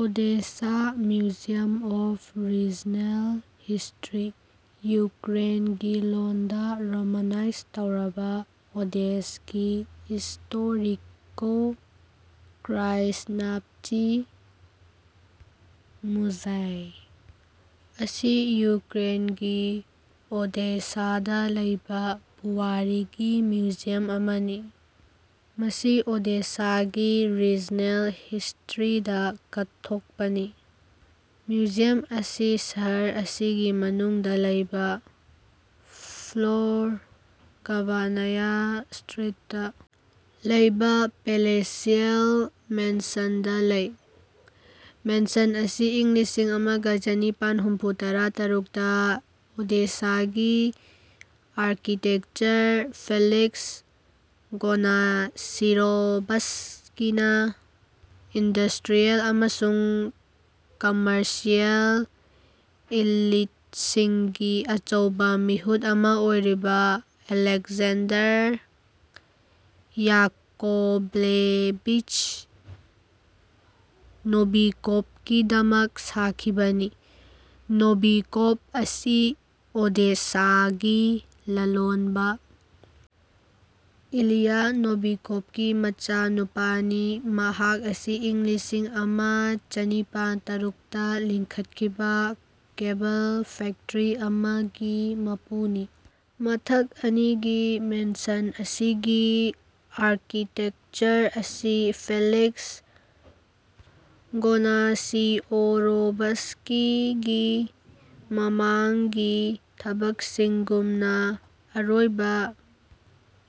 Odessa museum of regional history (ꯌꯨꯀ꯭ꯔꯦꯟꯒꯤ ꯂꯣꯟꯗꯥ romanise ꯇꯧꯔꯕꯥ: ꯑꯣꯗꯦꯁ꯭ꯀꯤ ꯏꯁ꯭ꯇꯣꯔꯤꯀꯣ-ꯀ꯭ꯔꯥꯏꯖꯅꯥꯚꯆꯤ ꯃꯨꯖꯦꯏ) ꯑꯁꯤ ꯌꯨꯀ꯭ꯔꯦꯟꯒꯤ ꯑꯣꯗꯦꯁꯥꯗꯥ ꯂꯩꯕꯥ ꯄꯨꯋꯥꯔꯤꯒꯤ ꯃ꯭ꯌꯨꯖꯤꯌꯝ ꯑꯃꯅꯤ꯫ ꯃꯁꯤ ꯑꯣꯗꯦꯁꯥꯒꯤ ꯔꯤꯖꯅꯦꯜ ꯍꯤꯁ꯭ꯇꯔꯤꯗꯥ ꯀꯠꯊꯣꯛꯄꯅꯤ꯫ ꯃ꯭ꯌꯨꯖꯤꯌꯝ ꯑꯁꯤ ꯁꯍꯔ ꯑꯁꯤꯒꯤ ꯃꯅꯨꯡꯗꯥ ꯂꯩꯕꯥ, ꯐꯣꯔ ꯒꯚꯥꯅꯥꯌꯥ ꯁ꯭ꯇꯔꯤꯠꯇꯥ ꯂꯩꯕꯥ ꯄꯦꯂꯦꯁꯤꯑꯦꯜ ꯃꯦꯟꯁꯟꯗꯥ ꯂꯩ꯫ ꯃꯦꯟꯁꯟ ꯑꯁꯤ ꯏꯪ ꯂꯤꯁꯤꯡ ꯑꯃ ꯒ ꯆꯅꯤꯄꯥꯟ ꯍꯨꯝꯐꯨꯇꯔꯥ ꯇꯔꯨꯛꯇꯥ ꯑꯣꯗꯦꯁꯥꯒꯤ ꯑꯥꯔꯀꯤꯇꯦꯛꯆꯔ ꯐꯦꯂꯤꯛꯁ ꯒꯣꯅꯁꯤꯔꯣꯚꯁ꯭ꯀꯤꯅꯥ ꯏꯟꯗꯁ꯭ꯇꯔꯤꯌꯦꯜ ꯑꯃꯁꯨꯡ ꯀꯝꯃꯔꯁꯤꯑꯦꯜ ꯏꯂꯤꯇꯁꯤꯡꯒꯤ ꯑꯆꯧꯕꯥ ꯃꯤꯍꯨꯠ ꯑꯃꯥ ꯑꯣꯏꯔꯤꯕꯥ ꯑꯂꯦꯛꯖꯦꯟꯗꯔ ꯌꯥꯀꯣꯚꯂꯦꯚꯤꯆ ꯅꯣꯚꯤꯀꯣꯚꯒꯤꯗꯃꯛ ꯁꯥꯈꯤꯕꯅꯤ꯫ ꯅꯣꯚꯤꯀꯣꯚ ꯑꯁꯤ ꯑꯣꯗꯦꯁꯥꯒꯤ ꯂꯂꯣꯟꯕꯥ ꯏꯂꯤꯌꯥ ꯅꯣꯚꯤꯀꯣꯚꯀꯤ ꯃꯆꯥꯅꯨꯄꯥꯅꯤ, ꯃꯍꯥꯛ ꯑꯁꯤ ꯏꯪ ꯂꯤꯁꯤꯡ ꯑꯃ ꯆꯅꯤꯄꯥꯟ ꯇꯔꯨꯛꯇꯥ ꯂꯤꯡꯈꯠꯈꯤꯕꯥ ꯀꯦꯕꯜ ꯐꯦꯛꯇ꯭ꯔꯤ ꯑꯃꯒꯤ ꯃꯄꯨꯅꯤ꯫ꯃꯊꯛ ꯑꯅꯤꯒꯤ ꯃꯦꯟꯁꯟ ꯑꯁꯤꯒꯤ ꯑꯥꯔꯀꯤꯇꯦꯛꯆꯔ ꯑꯁꯤ ꯐꯦꯂꯤꯛꯁ ꯒꯣꯅꯁꯤꯑꯣꯔꯣꯚꯁ꯭ꯀꯤꯒꯤ ꯃꯃꯥꯡꯒꯤ ꯊꯕꯛꯁꯤꯡꯒꯨꯝꯅꯥ, ꯑꯔꯣꯏꯕꯥ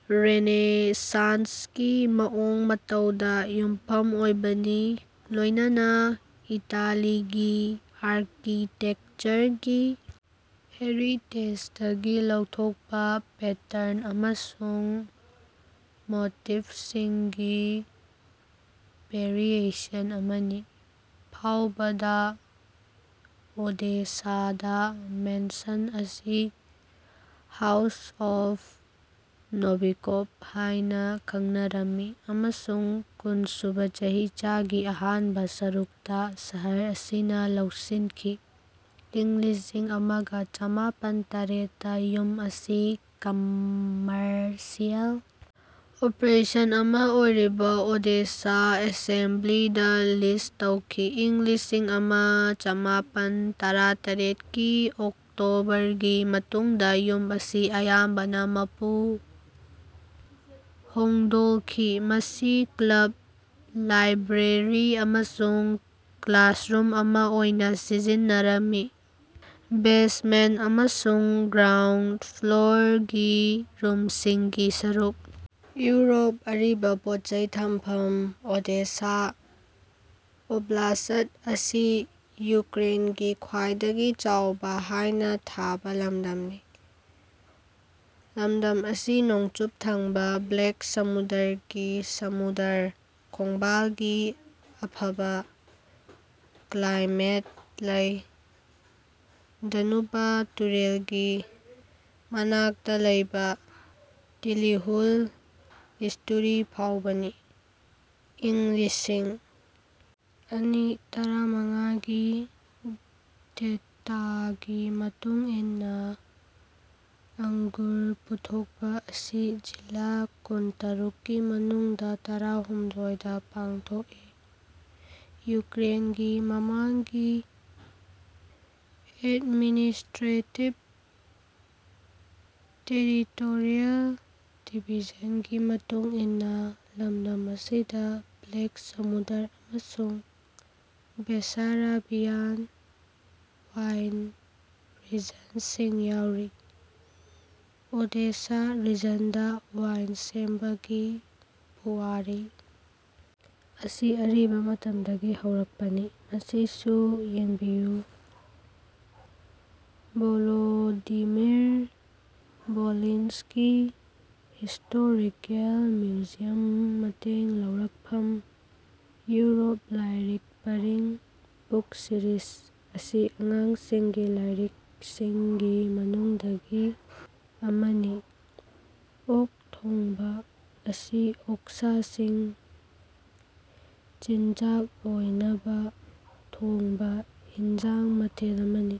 ꯔꯦꯅꯦꯁꯥꯟꯁꯀꯤ ꯃꯑꯣꯡ ꯃꯇꯧꯗꯥ ꯌꯨꯝꯐꯝ ꯑꯣꯏꯕꯅꯤ, ꯂꯣꯢꯅꯅ ꯏꯇꯥꯂꯤꯒꯤ ꯑꯥꯔꯀꯤꯇꯦꯛꯆꯔꯒꯤ ꯍꯦꯔꯤꯇꯦꯖꯗꯒꯤ ꯂꯧꯊꯣꯛꯄ ꯄꯦꯇ꯭ꯔꯟ ꯑꯃꯁꯨꯡ ꯃꯣꯇꯤꯐꯁꯤꯡꯒꯤ ꯚꯦꯔꯤꯑꯦꯁꯟ ꯑꯃꯥꯅꯤ꯫ ꯐꯥꯎꯕꯗꯥ ꯑꯣꯗꯦꯁꯥꯗꯥ ꯃꯦꯟꯁꯟ ꯑꯁꯤ "ꯍꯥꯎꯁ ꯑꯣꯐ ꯅꯣꯚꯤꯀꯣꯚ" ꯍꯥꯢꯅ ꯈꯪꯅꯔꯝꯃꯤ, ꯑꯃꯁꯨꯡ ꯀꯨꯟꯁꯨꯕꯥ ꯆꯍꯤꯆꯥꯒꯤ ꯑꯍꯥꯟꯕ ꯁꯔꯨꯛꯇꯥ ꯁꯍꯔ ꯑꯁꯤꯅꯥ ꯂꯧꯁꯤꯟꯈꯤ꯫ ꯏꯪ ꯂꯤꯁꯤꯡ ꯑꯃ ꯒ ꯆꯃꯥꯄꯟ ꯇꯔꯦꯠꯇꯥ ꯌꯨꯝ ꯑꯁꯤ ꯀꯝꯃꯔꯁꯤꯑꯦꯜ ꯑꯣꯄꯔꯦꯁꯟ ꯑꯃꯥ ꯑꯣꯏꯔꯤꯕ ꯑꯣꯗꯦꯁꯥ ꯑꯦꯁꯦꯝꯕꯂꯤꯗꯥ ꯂꯤꯖ ꯇꯧꯈꯤ꯫ ꯏꯪ ꯂꯤꯁꯤꯡ ꯑꯃ ꯆꯃꯥꯄꯟ ꯇꯔꯥꯇꯔꯦꯠꯀꯤ ꯑꯣꯛꯇꯣꯕꯔꯒꯤ ꯃꯇꯨꯡꯗꯥ ꯌꯨꯝ ꯑꯁꯤ ꯑꯌꯥꯝꯕꯅꯥ ꯃꯄꯨ ꯍꯣꯡꯗꯣꯜꯈꯤ꯫ ꯃꯁꯤ ꯀ꯭ꯂꯕ, ꯂꯥꯏꯕ꯭ꯔꯦꯔꯤ ꯑꯃꯁꯨꯡ ꯀ꯭ꯂꯥꯁꯔꯨꯝ ꯑꯃꯥ ꯑꯣꯏꯅꯥ ꯁꯤꯖꯤꯟꯅꯔꯝꯃꯤ꯫ ꯕꯦꯖꯃꯦꯟꯇ ꯑꯃꯁꯨꯡ ꯒ꯭ꯔꯥꯎ ꯐ꯭ꯂꯣꯔꯒꯤ ꯔꯨꯝꯁꯤꯡꯒꯤ ꯁꯔꯨꯛ :ꯏꯎꯔꯣꯞ ꯑꯔꯤꯕ ꯄꯣꯠꯆꯩ ꯊꯝꯐꯝ ꯑꯣꯗꯦꯁꯥ ꯑꯣꯕ꯭ꯂꯥꯁ꯭ꯠ ꯑꯁꯤ ꯌꯨꯀ꯭ꯔꯦꯟꯒꯤ ꯈ꯭ꯋꯥꯏꯗꯒꯤ ꯆꯥꯎꯕꯥ ꯍꯥꯏꯅ ꯊꯥꯕ ꯂꯝꯗꯝꯅꯤ꯫ ꯂꯝꯗꯝ ꯑꯁꯤ ꯅꯣꯡꯆꯨꯞ ꯊꯪꯕꯥ ꯕ꯭ꯂꯦꯛ ꯁꯃꯨꯗ꯭ꯔꯒꯤ ꯁꯃꯨꯗ꯭ꯔ ꯈꯣꯡꯕꯥꯜꯒꯤ ꯑꯐꯕꯥ ꯀ꯭ꯂꯥꯏꯃꯦꯠꯇꯥ ꯂꯩ, ꯗꯅꯨꯕ ꯇꯨꯔꯦꯜꯒꯤ ꯃꯅꯥꯛꯇꯥ ꯂꯩꯕꯥ ꯇꯤꯂꯤꯍꯨꯜ ꯏꯁ꯭ꯇꯨꯔꯤ ꯐꯥꯎꯕꯅꯤ꯫ ꯏꯪ ꯂꯤꯁꯤꯡ ꯑꯅꯤ ꯇꯔꯥꯃꯉꯥꯒꯤ ꯗꯦꯇꯥꯒꯤ ꯃꯇꯨꯡ ꯏꯟꯅꯥ, ꯑꯡꯒꯨꯔ ꯄꯨꯊꯣꯛꯄ ꯑꯁꯤ ꯖꯤꯂꯥ ꯀꯨꯟꯇꯔꯨꯛꯀꯤ ꯃꯅꯨꯡꯗꯥ ꯇꯔꯥꯍꯨꯝꯗꯣꯏꯗꯥ ꯄꯥꯡꯊꯣꯛꯏ (ꯌꯨꯀ꯭ꯔꯦꯟꯒꯤ ꯃꯃꯥꯡꯒꯤ ꯑꯦꯗꯃꯤꯅꯤꯁ꯭ꯠꯔꯦꯇꯤꯕ-ꯇꯦꯔꯤꯇꯣꯔꯤꯌꯜ ꯗꯤꯕꯤꯖꯟꯒꯤ ꯃꯇꯨꯡ ꯏꯟꯅꯥ) ꯂꯝꯗꯝ ꯑꯁꯤꯗꯥ ꯕ꯭ꯂꯦꯛ ꯁꯃꯨꯗ꯭ꯔ ꯑꯃꯁꯨꯡ ꯕꯦꯁꯥꯔꯥꯕꯤꯌꯥꯟ ꯋꯥꯏꯟ ꯔꯤꯖꯟꯁꯤꯡ ꯌꯥꯎꯔꯤ꯫ ꯑꯣꯗꯦꯁꯥ ꯔꯤꯖꯟꯗꯥ ꯋꯥꯏꯟ ꯁꯦꯝꯕꯒꯤ ꯄꯨꯋꯥꯔꯤ ꯑꯁꯤ ꯑꯔꯤꯕꯥ ꯃꯇꯝꯗꯒꯤ ꯍꯧꯔꯛꯄꯅꯤ꯫ ꯃꯁꯤꯁꯨ ꯌꯦꯡꯕꯤꯌꯨ ꯚꯣꯂꯣꯗꯤꯃꯤꯔ-ꯚꯣꯂꯤꯟꯁ꯭ꯀꯤ ꯍꯤꯁ꯭ꯇꯣꯔꯤꯀꯦꯜ ꯃ꯭ꯌꯨꯖꯤꯌꯝ ꯃꯇꯦꯡ ꯂꯧꯔꯛꯐꯝ :ꯏꯎꯔꯣꯞ ꯂꯥꯢꯔꯤꯛ ꯄꯔꯤꯡ (ꯕꯨꯛ ꯁꯤꯔꯤꯁ) ꯑꯁꯤ ꯑꯉꯥꯡꯁꯤꯡꯒꯤ ꯂꯥꯢꯔꯤꯛꯁꯤꯡꯒꯤ ꯃꯅꯨꯡꯗꯒꯤ ꯑꯃꯅꯤ꯫ "ꯑꯣꯛ ꯊꯣꯡꯕ" ꯑꯁꯤ ꯑꯣꯛꯁꯥꯁꯤ ꯆꯤꯟꯖꯥꯛ ꯑꯣꯢꯅꯕ ꯊꯣꯡꯕ ꯍꯤꯟꯖꯥꯡ ꯃꯊꯦꯜ ꯑꯃꯅꯤ꯫